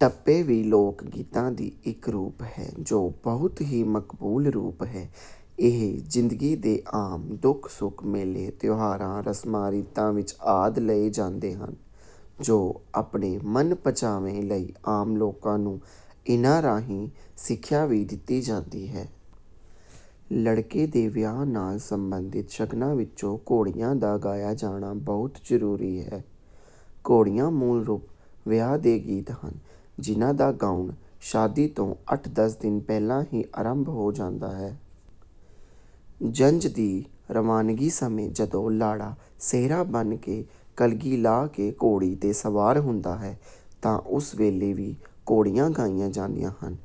ਟੱਪੇ ਵੀ ਲੋਕ ਗੀਤਾਂ ਦੀ ਇੱਕ ਰੂਪ ਹੈ ,ਜੋ ਬਹੁਤ ਹੀ ਮਕਬੂਲ ਰੂਪ ਹੈ। ਇਹ ਜ਼ਿੰਦਗੀ ਦੇ ਆਮ ਦੁੱਖ- ਸੁੱਖ ਮੇਲੇ, ਤਿਓਹਾਰਾਂ, ਰਸਮਾਂ ਰੀਤਾਂ ਵਿੱਚ ਆਦਿ ਲਏ ਜਾਂਦੇ ਹਨ ਜੋ ਆਪਣੇ ਮਨ-ਪੰਚਾਵੇ ਲਈ ਆਮ ਲੋਕਾਂ ਨੂੰ ਇਹਨਾਂ ਰਾਹੀਂ ਸਿੱਖਿਆ ਵੀ ਦਿੱਤੀ ਜਾਂਦੀ ਹੈ। ਲੜਕੇ ਦੇ ਵਿਆਹ ਨਾਲ਼ ਸੰਬੰਧਿਤ ਸ਼ਗਨਾਂ ਵਿੱਚੋਂ ਘੋੜੀਆਂ ਦਾ ਗਾਇਆ ਜਾਣਾ ਬਹੁਤ ਜ਼ਰੂਰੀ ਹੈ। ਘੋੜੀਆਂ ਮੂਲ ਰੂਪ 'ਵਿਆਹ ਦੇ ਗੀਤ' ਹਨ, ਜਿਨ੍ਹਾਂ ਦਾ ਗਾਉਣ ਸ਼ਾਦੀ ਤੋਂ ਅੱਠ ਦਸ ਦਿਨ ਪਹਿਲਾਂ ਹੀ ਆਰੰਭ ਹੋ ਜਾਂਦਾ ਹੈ। ਜੰਞ ਦੀ ਰਵਾਨਗੀ ਸਮੇਂ ਜਦੋਂ ਲਾੜਾ ਸਿਹਰਾ ਬੰਨ ਕੇ, ਕਲਗੀ ਲਾ ਕੇ ਘੋੜੀ ਤੇ ਸਵਾਰ ਹੁੰਦਾ ਹੈ। ਤਾਂ ਉਸ ਵੇਲੇ ਵੀ ਘੋੜੀਆਂ ਗਾਈਆ ਜਾਦੀਆਂ ਹਨ।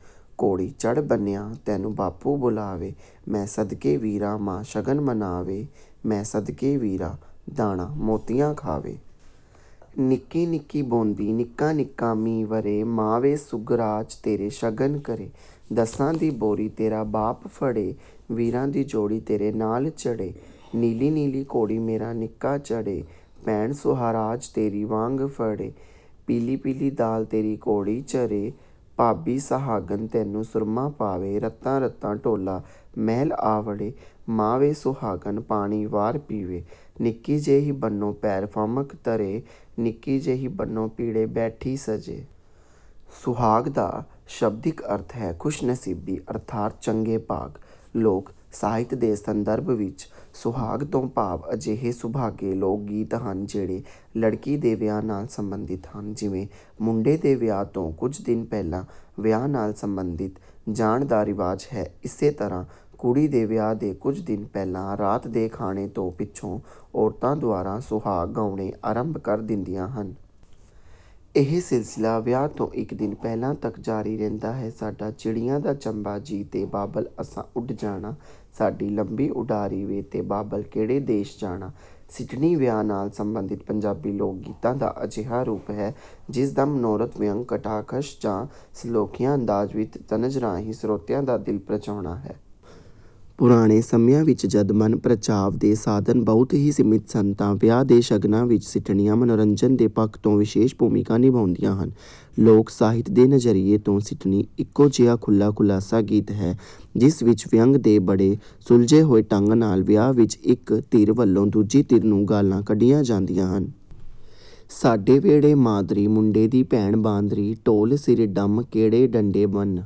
ਘੋੜੀ ਚੜ੍ਹ ਬੰਨਿਆ ਤੈਨੂੰ ਬਾਪੂ ਬੁਲਾਵੇ ਮੈ ਸਦਕੇ ਵੀਰਾ ਮਾਂ ਸ਼ਗਨ ਮਨਾਵੇ ਮੈਂ ਸਦਕੇ ਵੀਰਾ, ਦਾਣਾ ਮੋਤੀਆਂ ਖਾਵੇ। ਨਿੱਕੀ ਨਿੱਕੀ ਬੋਂਦੀ ਨਿੱਕਾ-ਨਿੱਕਾ ਮੀਂਹ ਵਰੇ, ਮਾਂ ਵੇ ਸੁਗਰਾਜ ਤੇਰੇ ਸ਼ਗਨ ਕਰੇ, ਦਸਾਂ ਦੀ ਬੋਰੀ ਤੇਰਾ ਬਾਪ ਫੜੇ, ਵੀਰਾਂ ਦੀ ਜ਼ੋੜੀ ਤੇਰੇ ਨਾਲ ਚੜ੍ਹੇ, ਨੀਲੀ ਨੀਲੀ ਘੋੜੀ ਮੇਰਾ ਨਿੱਕਾਂ ਚੜ੍ਹੇ, ਭੈਣ ਸੁਹਾਰਾਜ ਤੇਰੀ ਵਾਂਗ ਫੜੇ, ਪੀਲ਼ੀ ਪੀਲ਼ੀ ਦਾਲ਼ ਤੇਰੀ ਘੋੜੀ ਚਰੇ, ਭਾਬੀ ਸਹਾਗਨ ਤੈਨੂੰ ਸੁਰਮਾ ਪਾਵੇ, ਰੱਤਾ-ਰੱਤਾ ਡੋਲਾ ਮਹਿਲੀ ਆ ਵੜੇ, ਮਾਂ ਵੇ ਸੁਹਾਗਨ ਪਾਣੀ ਵਾਰ ਪੀਵੇ, ਨਿੱਕੀ ਜੇਹੀ ਬੰਨੋ ਪੈਰ ਫਮਕ ਧਰੇ, ਨਿੱਕੀ ਜੇਹੀ ਬੰਨੋ ਪੀੜ੍ਹੇ ਬੈਠੀ ਸੱਜੇ। ਸੁਹਾਗ ਦਾ ਸ਼ਬਦਿਕ ਅਰਥ ਹੈ, 'ਖ਼ੁਸ਼-ਨਸੀਬੀ ਅਰਥਾਤ ਚੰਗੇ ਭਾਗ। ਲੋਕ ਸਾਹਿਤ ਦੇ ਸੰਦਰਭ ਵਿੱਚ ਸੁਹਾਗ ਤੋਂ ਭਾਵ ਅਜਿਹੇ ਸੁਭਾਗੇ ਲੋਕ ਗੀਤ ਹਨ, ਜਿਹੜੇ ਲੜਕੀ ਦੇ ਵਿਆਹ ਨਾਲ਼ ਸੰਬੰਧਿਤ ਹਨ। ਜਿਵੇਂ ਮੁੰਡੇ ਦੇ ਵਿਆਹ ਤੋਂ ਕੁਝ ਦਿਨ ਪਹਿਲਾਂ ਵਿਆਹ ਨਾਲ਼ ਸੰਬੰਧਿਤ ਜਾਣ ਦਾ ਰਿਵਾਜ਼ ਹੈ, ਇਸੇ ਤਰ੍ਹਾਂ ਕੁੜੀ ਦੇ ਵਿਆਹ ਦੇ ਕੁਝ ਦਿਨ ਪਹਿਲਾਂ ਰਾਤ ਦੇ ਖਾਣੇ ਤੋਂ ਪਿੱਛੋ ਔਰਤਾ ਦੁਆਰਾ 'ਸੁਹਾਗ' ਗਾਉਣੇ ਆਰੰਭ ਕਰ ਦਿੰਦੀਆਂ ਹਨ। ਇਹ ਸਿਲਸਿਲਾ ਵਿਆਹ ਤੋਂ ਇੱਕ ਦਿਨ ਪਹਿਲਾਂ ਤਕ ਜਾਰੀ ਰਹਿੰਦਾ ਹੈ। ਸਾਡਾ ਚਿੜੀਆਂ ਦਾ ਚੰਬਾ ਜੀ ਤੇ ਬਾਬਲ ਅਸਾਂ ਉੱਡ ਜਾਣਾ, ਸਾਡੀ ਲੰਬੀ ਉਡਾਰੀ ਵੇ। ਤੇ ਬਾਬਲ ਕਿਹੜੇ ਦੇਸ਼ ਜਾਣਾ। ਸਿੱਠਣੀ, ਵਿਆਹ ਨਾਲ਼ ਸੰਬੰਧਿਤ ਪੰਜਾਬੀ ਲੋਕ ਗੀਤਾਂ ਦਾ ਅਜਿਹਾ ਰੂਪ ਹੈ, ਜਿਸ ਦਾ ਮਨੋਰਥ ਵਿਅੰਗ, ਕਟਾਖਸ਼ ਜਾਂ ਸਖੋਲੀਆ ਅੰਦਾਜ਼ ਵਿੱਚ ਤਨਜ਼ ਰਾਹੀਂ ਸਰੋਤਿਆ ਦਾ ਦਿਲ ਪ੍ਰਚਾਉਣਾ ਹੈ। ਪੁਰਾਣੇ ਸਮਿਆਂ ਵਿੱਚ ਜਦ ਮਨ ਪ੍ਰਚਾਵ ਦੇ ਸਾਧਨ ਬਹੁਤ ਹੀ ਸੀਮਿਤ ਸਨ ,ਤਾਂ ਵਿਆਹ ਦੇ ਸ਼ਗਨਾਂ ਵਿੱਚ ਸਿੱਠਣੀਆ ਮਨੋਰੰਜਨ ਦੇ ਪੱਖ ਤੋਂ ਵਿਸ਼ੇਸ਼ ਭੁਮਿਕਾ ਨਿਭਾੳਂਦੀਆਂ ਹਨ। ਲੋਕ ਸਾਹਿਤ ਦੇ ਨਜ਼ਰੀਏ ਤੋਂ ਸਿੱਠਣੀ ਇਹੋ ਜਿਹਾ ਖੁਲ੍ਹਾ-ਖਲਾਸਾ ਗੀਤ ਹੈ, ਜਿਸ ਵਿੱਚ ਵਿਅੰਗ ਤੇ ਬੜੇ ਸੁਲਝੇ ਹੋਏ ਢੰਗ ਨਾਲ਼ ਵਿਆਹ ਵਿੱਚ ਇੱਕ ਧਿਰ ਵੱਲੋਂ ਦੂਜੀ ਧਿਰ ਨੂੰ ਗਾਲ਼੍ਹਾਂ ਕੱਢਿਆਂ ਜਾਦੀਆਂ ਹਨ। ਸਾਡੇ ਵਿਹੜੇ ਮਾਦਰੀ, ਮੁੰਡੇ ਦੀ ਭੈਣ ਬਾਂਦਰੀ, ਢੋਲ ਸਿਰ ਢਮ ਕੇਰੇ ਢੱਡੇ, ਵੰਨ